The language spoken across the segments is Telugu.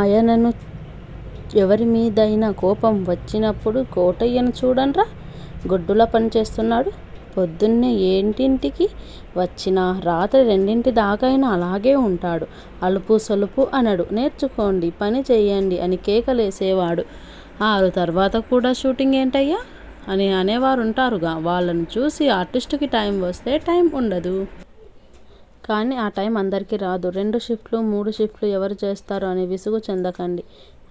ఆయనకు ఎవరిమీదైనా కోపం వచ్చినప్పుడు 'కోటయ్యను చూడండ్రా గొడ్డులా పనిచేస్తాడు. పొద్దున్నే ఏడింటికి వచ్చినా, రాత్రి రెండింటిదాకైనా అలాగే ఉంటాడు. అలుపూ సొలుపూ అనడు. నేర్చుకోండి. పనిచేయండి' అని కేకలేసేవాడు. 'ఆరు తర్వాత కూడా షూటింగ్ ఏంటయ్యా' అని అనేవారుంటారుగా వాళ్లను చూసి! 'ఆర్టిస్టుకి టైమ్ వస్తే టైమ్ ఉండదు. కానీ ఆ టైమ్ అందరికీ రాదు. 'రెండు షిఫ్ట్లు, మూడు షిఫ్ట్లు ఎవరు చేస్తారు? అని విసుగు చెందకండి'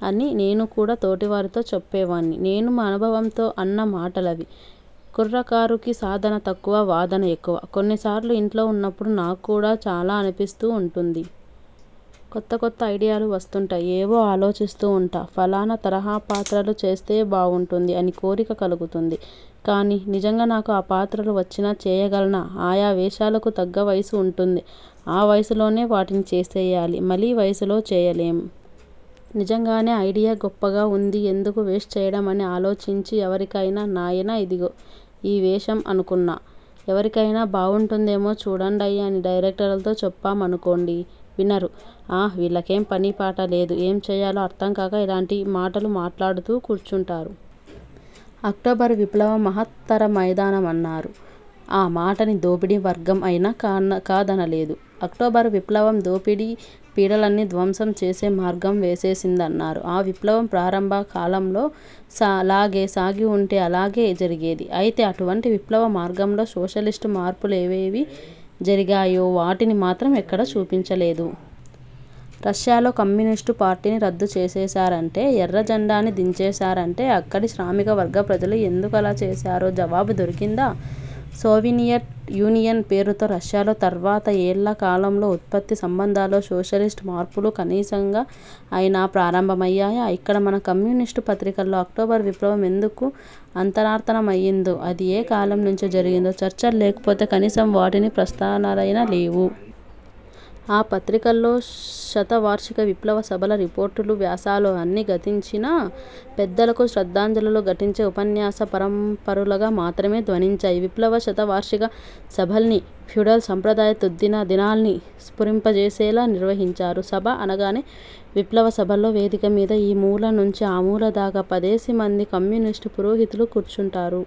అని నేను కూడా తోటివారితో చెప్పేవాణ్ణి. నేను అనుభవంతో అన్న మాటలవి. కుర్రకారుకి సాధన తక్కువ-వాదన ఎక్కువ కొన్నిసార్లు ఇంట్లో ఉన్నప్పుడు నాక్కూడా చాలా అనిపిస్తూ ఉంటుంది. కొత్త కొత్త ఐడియాలు వస్తుంటాయి. ఏవో ఆలోచిస్తూ ఉంటా. ఫలానా తరహా పాత్రలు చేస్తే బావుంటుంది అని కోరిక కలుగుతుంది. కానీ నిజంగా నాకు ఆ పాత్రలు వచ్చినా చేయగలనా? ఆయా వేషాలకు తగ్గ వయసు ఉంటుంది. ఆ వయసులోనే వాటిని చేసేయాలి. మలి వయసులో చేయలేం. నిజంగానే ఐడియా గొప్పగా ఉంది ఎందుకు వేస్ట్ చేయడం అని ఆలోచించి ఎవరికైనా 'నాయనా ఇదిగో ఈ వేషం అనుకున్నా. ఎవరికైనా బావుంటుందేమో చూడండయ్యా' అని డైరెక్టర్లతో చెప్పామనుకోండి. వినరు. 'ఆ వీళ్లకేం పనీపాటా లేదు. ఏం చెయ్యాలో అర్థంకాక ఇలాంటి మాటలు మాట్లాడుతూ కూర్చుంటారు. అక్టోబరు విప్లవం 'మహత్తర'మైనదన్నారు. ఆ మాటని దోపిడీ వర్గం అయినా కాదనలేదు. అక్టోబరు విప్లవం, దోపిడీ పీడనల్ని ధ్వంసం చేసే మార్గం వేసేసిందన్నారు. ఆ విప్లవం, ప్రారంభ కాలంలో లాగే సాగి వుంటే, అలాగే జరిగేది. అయితే, అటువంటి విప్లవ మార్గంలో, సోషలిస్టు మార్పులు ఏవేవి జరిగాయో వాటిని మాత్రం ఎక్కడా చూపించలేదు. రష్యాలో, కమ్యూనిస్టు పార్టీని రద్దు చేసేశారంటే, ఎర్ర జెండాని దించేశారంటే, అక్కడి శ్రామిక వర్గ ప్రజలు ఎందుకలా చేశారో జవాబు దొరికిందా? 'సోవియట్ యూనియన్' పేరుతో రష్యాలో, తర్వాత ఏళ్ళ కాలంలో, 'ఉత్పత్తి సంబంధాల్లో, సోషలిస్టు మార్పులు' కనీసంగా అయినా ప్రారంభమయ్యాయా? ఇక్కడ మన కమ్యూనిస్టు పత్రికల్లో, అక్టోబరు విప్లవం ఎందుకు అంతర్ధానమైందో, అది ఏ కాలం నించి జరిగిందో, చర్చలు లేకపోగా, కనీసం వాటి ప్రస్తావనలైనా లేవు. ఆ పత్రికల్లో, శత వార్షిక విప్లవ సభల రిపోర్టులూ, వ్యాసాలూ అన్నీ, గతించిన పెద్దలకు శ్రద్ధాంజలులు ఘటించే ఉపన్యాస పరంపరులుగా మాత్రమే ధ్వనించాయి. విప్లవ శత వార్షిక సభల్ని, ఫ్యూడల్ సంప్రదాయ తద్దిన దినాల్ని స్ఫురింపజేసేలా నిర్వహించారు! 'సభ' అనగానే, విప్లవ సభల్లో, వేదిక మీద ఈ మూల నించి ఆ మూల దాకా, పదేసి మంది కమ్యూనిస్టు పురోహితులు, కూర్చుంటారు.